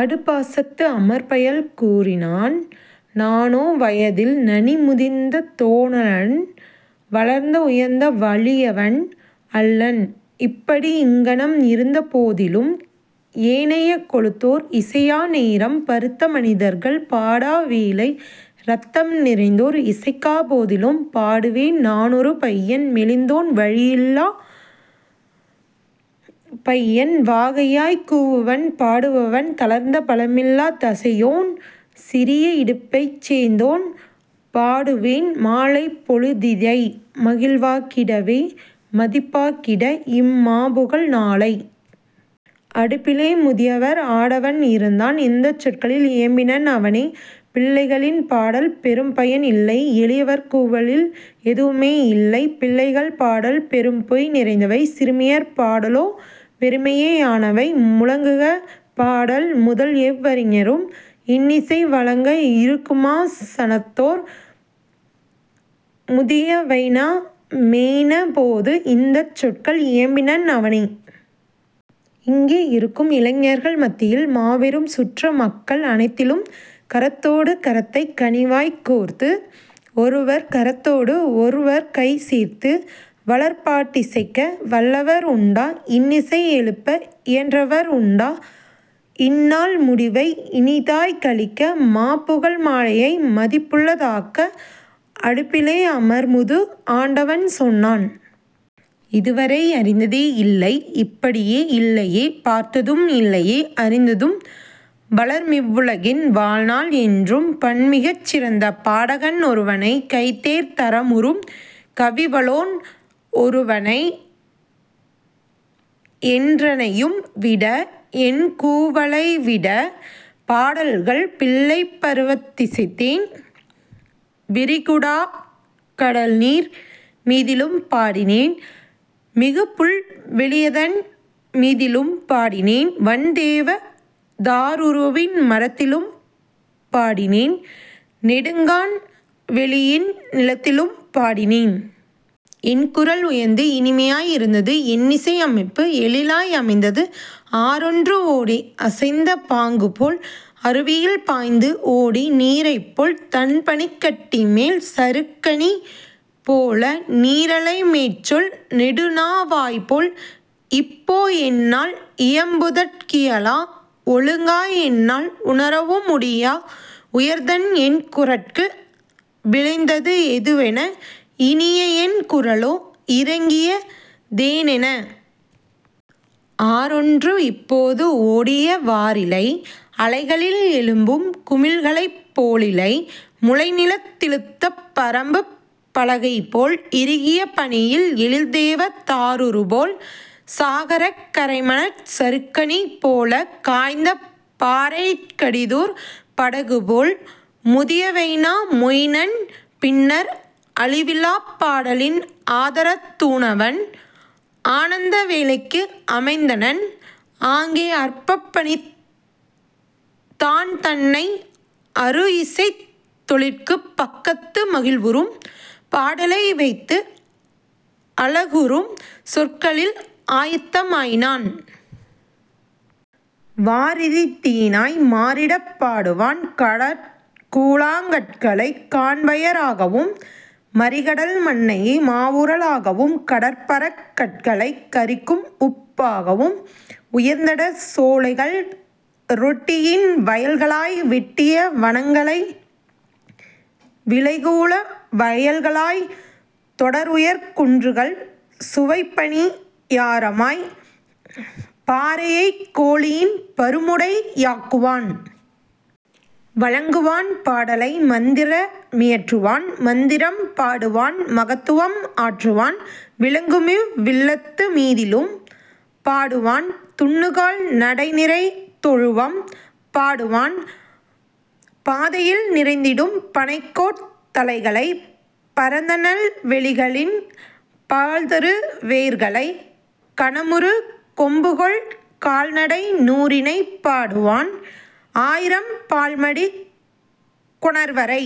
அடுப்பா சனத்து அமர்பயல் கூறினான். நானோ வயதில் நனிமுதிர்ந் தோனலன் வளர்ந்து உயர்ந்த வலியவன் அல்லன். இப்படி இங்ஙனம் இருந்தபோ தினிலும் ஏனைய கொழுத்தோர் இசையா நேரம் பருத்த மனிதர்கள் பாடா வேளை இரத்தம் நிறைந்தோர் இசைக்காப் போதில் பாடுவேன் நானொரு பையன் மெலிந்தோன் வலியிலாப் பையன் வகையாய்க் கூவுவன் பாடுவேன் தளர்ந்த பலமிலாத் தசையோன் சிறிய இடுப்பைச் சேர்ந்தோன் பாடுவேன் மாலைப் பொழுதிதை மகிழ்வாக் கிடவே மதிப்பாக் கிடஇம் மாபுகழ் நாளை. அடுப்பிலே முதியதோர் ஆடவன் இருந்தான். இந்தச் சொற்களில் இயம்பினன் அவனே. பிள்ளைகள் பாடலில் பெறுபயன் இல்லை எளியவர் கூவலில் எதுவுமே யில்லை பிள்ளைகள் பாடல் பெரும்பொய் நிறைந்தவை சிறுமியர் பாடலோ வெறுமையே யானவை. முழங்குக பாடல் முதல்எவ் வறிஞரும் இன்னிசை வழங்குக இருக்குமா சனத்தோர். முதிய வைனா மொயினனப் போது இந்தச் சொற்களில் இயம்பினன் அவனே. இங்கே இருக்கும் இளைஞர்கள் மத்தியில் மாபெரும் சுற்ற மக்கள் அனைத்திலும் கரத்தொடு கரத்தைக் கனிவாய்க் கோர்த்து ஒருவர் கரத்தொடு ஒருவர்கை சேர்த்து வளர்பாட் டிசைக்க வல்லவர் உண்டா. இன்னிசை எழுப்ப இயன்றவர் உண்டா. இந்நாள் முடிவை இனிதாய்க் கழிக்க மாபுகழ் மாலையை மதிப்புள தாக்க. அடுப்பிலே அமர்முது ஆடவன் சொன்னான். இதுவரை அறிந்ததே இல்லைஇப் படியே இல்லையே பார்த்ததும் இல்லையே அறிந்ததும் வளருமிவ் வுலகின் வாழ்நாள் என்றும் பண்மிகச் சிறந்த பாடகன் ஒருவனை கைதேர் தரமுறும் கவிவலோன் ஒருவனை என்றனை யும்விட என்கூ வலைவிட பாடல்கள் பிள்ளைப் பருவத் திசைத்தேன் விரிகுடாக் கடல்நீர் மீதிலும் பாடினேன் மிகுபுல் வெளியதன் மீதிலும் பாடினேன் வண்தேவ தாருவின் மரத்திலும் பாடினேன் நெடுங்கான் வெளியின் நிலத்திலும் பாடினேன். என்குரல் உயர்ந்து இனிமையாய் இருந்தது என்னிசை யமைப்பு எழிலாய் அமைந்தது ஆறொன்று ஓடி அசைந்த பாங்குபோல் அருவியில் பாய்ந்து ஓடிய நீரைப்போல் தண்பனிக் கட்டிமேல் சறுக்கணி போல நீரலை மேற்செல் நெடுநா வாய்போல். இப்போ என்னால் இயம்புதற் கியலா ஒழுங்காய் என்னால் உணரவும் முடியா உயர்ந்தஎன் குரற்கு விளைந்தது எதுவென இனியஎன் குரலோ இறங்கிய தேனென. ஆறொன்று இப்போது ஓடிய வாறிலை அலைகளில் எழும்பும் குமிழ்களைப் போலிலை முளைநிலத் திழுத்த பரம்புப் பலகைபோல் இறுகிய பனியில் எழில்தேவ தாருபோல் சாகரக் கரைமணற் சறுக்கணி போல காய்ந்த பாறையிற் கடிதூர் படகுபோல். முதிய வைனா மொயினன் பின்னர் அழிவிலாப் பாடலின் ஆதரத் தூணவன் ஆனந்த வேலைக்கு அமைந்தனன் ஆங்கே அர்ப்பணித் தான்தனை அருஇசைத் தொழிற்கு பக்கத்து மகிழ்வுறும் பாடலை வைத்து அழகுறும் சொற்களில் ஆயத்த மாயினன். வாரிதி தேனாய் மாறிடப் பாடுவான் கடற்குழாங் கற்களை காண் பய றாகவும் மறிகடல் மண்ணையே மாவூற லாகவும் கடற்பரற் கற்களைக் கரிக்கும்உப் பாகவும் உயர்ந்தடர் சோலைகள் ரொட்டியின் வயல்களாய் வெட்டிய வனங்களை விளைகூல வயல்களாய் தொடர்உயர் குன்றுகள் சுவைப்பணி யாரமாய் பாறையைக் கோழியின் பருமுடை யாக்குவான். வழங்குவான் பாடலை மந்திர மியற்றுவான் மந்திரம் பாடுவான் மகத்துவம் ஆற்றுவான் விழங்குமிவ் வில்லத்து மீதிலும் பாடுவான் துன்னுகால் நடைநிறை தொழுவம் பாடுவான் பாதையில் நிறைந்திடும் பணைக்கோட் தலைகளை பரந்தநல் வெளிகளின் பால்தரு வோர்களை கனமுறு கொம்புகொள் கால்நடை நூறினை பாடுவான் ஆயிரம் பால்மடி கொணர்வரை.